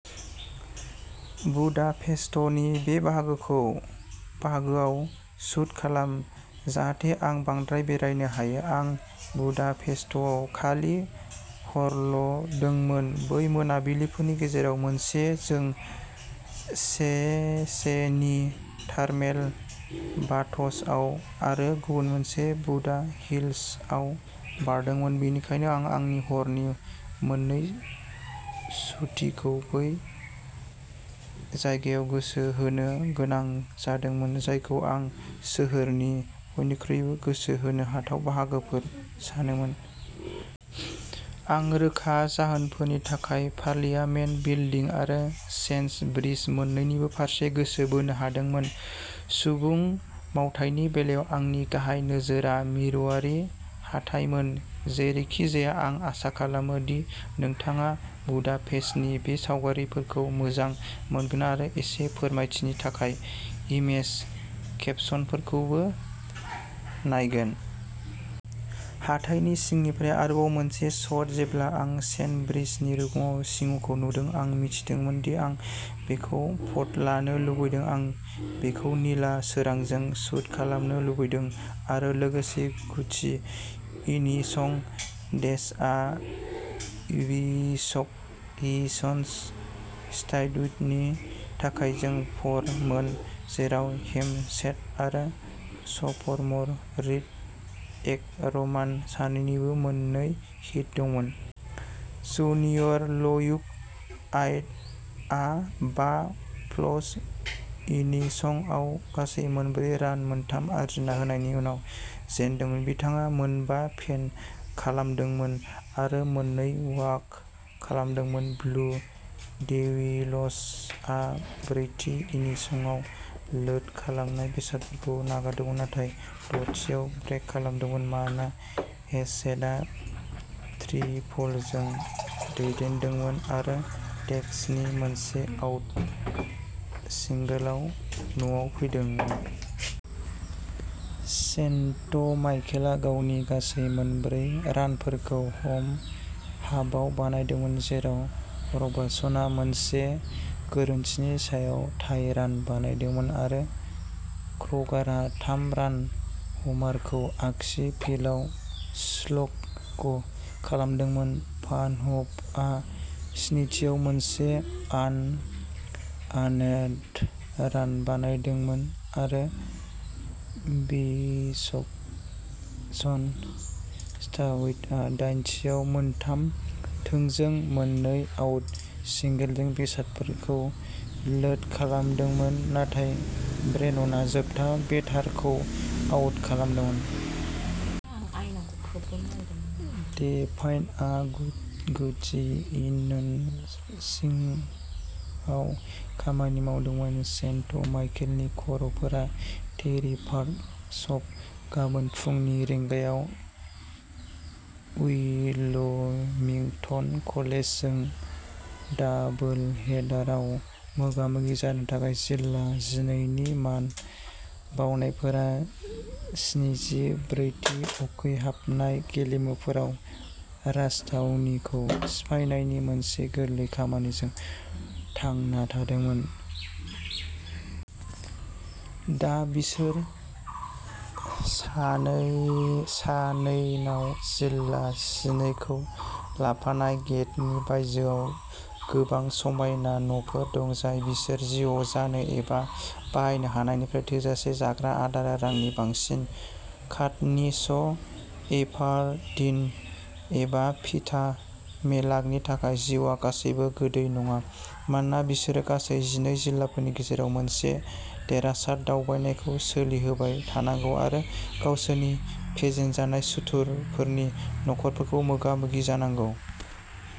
बुदापेस्टनि बे बाहागोआव शूट खालाम, जाहाथे आं बांद्राय बेरायनो हायो। आं बुदापेस्टआव खालि हरल'दंमोन। बै मोनाबिलिफोरनि गेजेराव मोनसे जों सेचेनी थार्मेल बाथ्सआव आरो गुबुन मोनसे बुदा हिल्सआव बारदोंमोन। बेनिखायनो, आं आंनि हरनि मोननै शुटिंखौ बै जायगायाव गोसो होनो गोनां जादोंमोन, जायखौ आं सोहोरनि बयनिख्रुइबो गोसो बोनो हाथाव बाहागोफोर सानोमोन। आं रोखा जाहोनफोरनि थाखाय, पार्लियामेन्ट बिल्डिं आरो चेन ब्रिज मोन्नैनिबो फारसे गोसो बोनो हादोंमोन। सुबुं मावथायनि बेलायाव, आंनि गाहाय नोजोरआ मिरुआरि हाथाइमोन। जेरैखिजाया, आं आसा खालामो दि नोंथाङा बुदापेस्टनि बे सावगारिफोरखौ मोजां मोनगोन आरो एसे फोरमायथिनि थाखाय इमेज केपशनफोरखौबो नायगोन। हाथाइनि सिंनिफ्राय आरोबाव मोनसे शट। जेब्ला आं चेन ब्रिजनि रुगुङाव सिंहखौ नुदोंमोन, आं मिथिदोंमोन दि आं बेखौ फट'लानो लुबैदों। आं बेखौ निला सोरांजों शूट खालामनो लुबैदोंमोन, आरो लोगोसे। - गुथि इनिंस। डेइसआ विस्कन्सिन-स्टाउटनि थाखाय जों -फर- मोन, जेराव हेमसेथ आरो स'फ'मर रीड एकरमान सानैनिबो मोननै हिट दंमोन। जुनियर ल्यूक आइडआ बा-प्लस इन्निंसआव गासै मोनब्रै रान-मोनथाम आरजिनाय-होनायनि उनाव जेनदोंमोन। बिथाङा मोनबा फेन खालामदोंमोन आरो मोननै वाक खालामदोंमोन। ब्लु डेविल्सआ ब्रैथि इन्निंसआव लोड खालामनाय बेसफोरखौ नागारदोंमोन नाथाय द'थिआव ब्रेक खालामदोंमोन, मानोना हेमसेथआ ट्रिपलजों दैदेनदोंमोन आरो डेइसनि मोनसे-आउट सिंगोलआव न'आव फैदोंमोन। सेन्ट माइकेलआ गावनि गासै मोनब्रै रानफोरखौ ह'म हाफआव बानायदोंमोन, जेराव रबार्टसनआ मोनसे गोरोन्थिनि सायाव टाइ रान बानायदोंमोन आरो क्र'गारआ थाम-रान ह'मारखौ आगसि फिल्दआव स्लग खालामदोंमोन। भानह'भआ स्निथिआव मोनसे आनआर्नेड रान बानायदोंमोन, आरो विस्कन्सिन-स्टाउटआ दाइनथिआव मोनथाम थोंजों मोननै-आउट सिंगोलजों बेसफोरखौ लोड खालामदोंमोन, नाथाय ब्रेननआ जोबथा बेटारखौ आउट खालामदोंमोन। डेभाइनआ गुथि इन्निंसआव - खामानि मावदोंमोन। सेन्ट माइकेलनि खर'फोरा टेरि पार्क स्प' गाबोन फुंनि रिंगायाव उइलमिंटन कलेजजों डाबोलहेडारआव मोगा-मोगि जानो थाखाय। जिल्ला जिनै नि मान बाउनायफोरा स्निजि ब्रैथि उखैहाबनाय गेलेमुफोराव राजथावनिखौ सिफायनायनि मोनसे गोरलै खामानिजों थांना थादोंमोन। दा, बिसोर सानैनाव जिल्ला जिनैखौ लाफानाय गेट्ट'नि बायजोआव गोबां समायना न'फोर दं, जाय बिसोर जिउआव जानो एबा बाहायनो हानायनिफ्राय थोजासे जाग्रा आदार आरो रांनि बांसिन। काटनिस एभारडिन एबा पीटा मेलार्कनि थाखाय जिउआ गासैबो गोदै नङा, मानोना बिसोरो गासै जिनै जिल्लाफोरनि गेजेरजों मोनसे देरहासार दावबायनायखौ सोलिहोबाय थानांगौ आरो गावसोरनि फेजेनजानाय सुथुरफोरनि नखरफोरखौ मोगा-मोगि जानांगौ।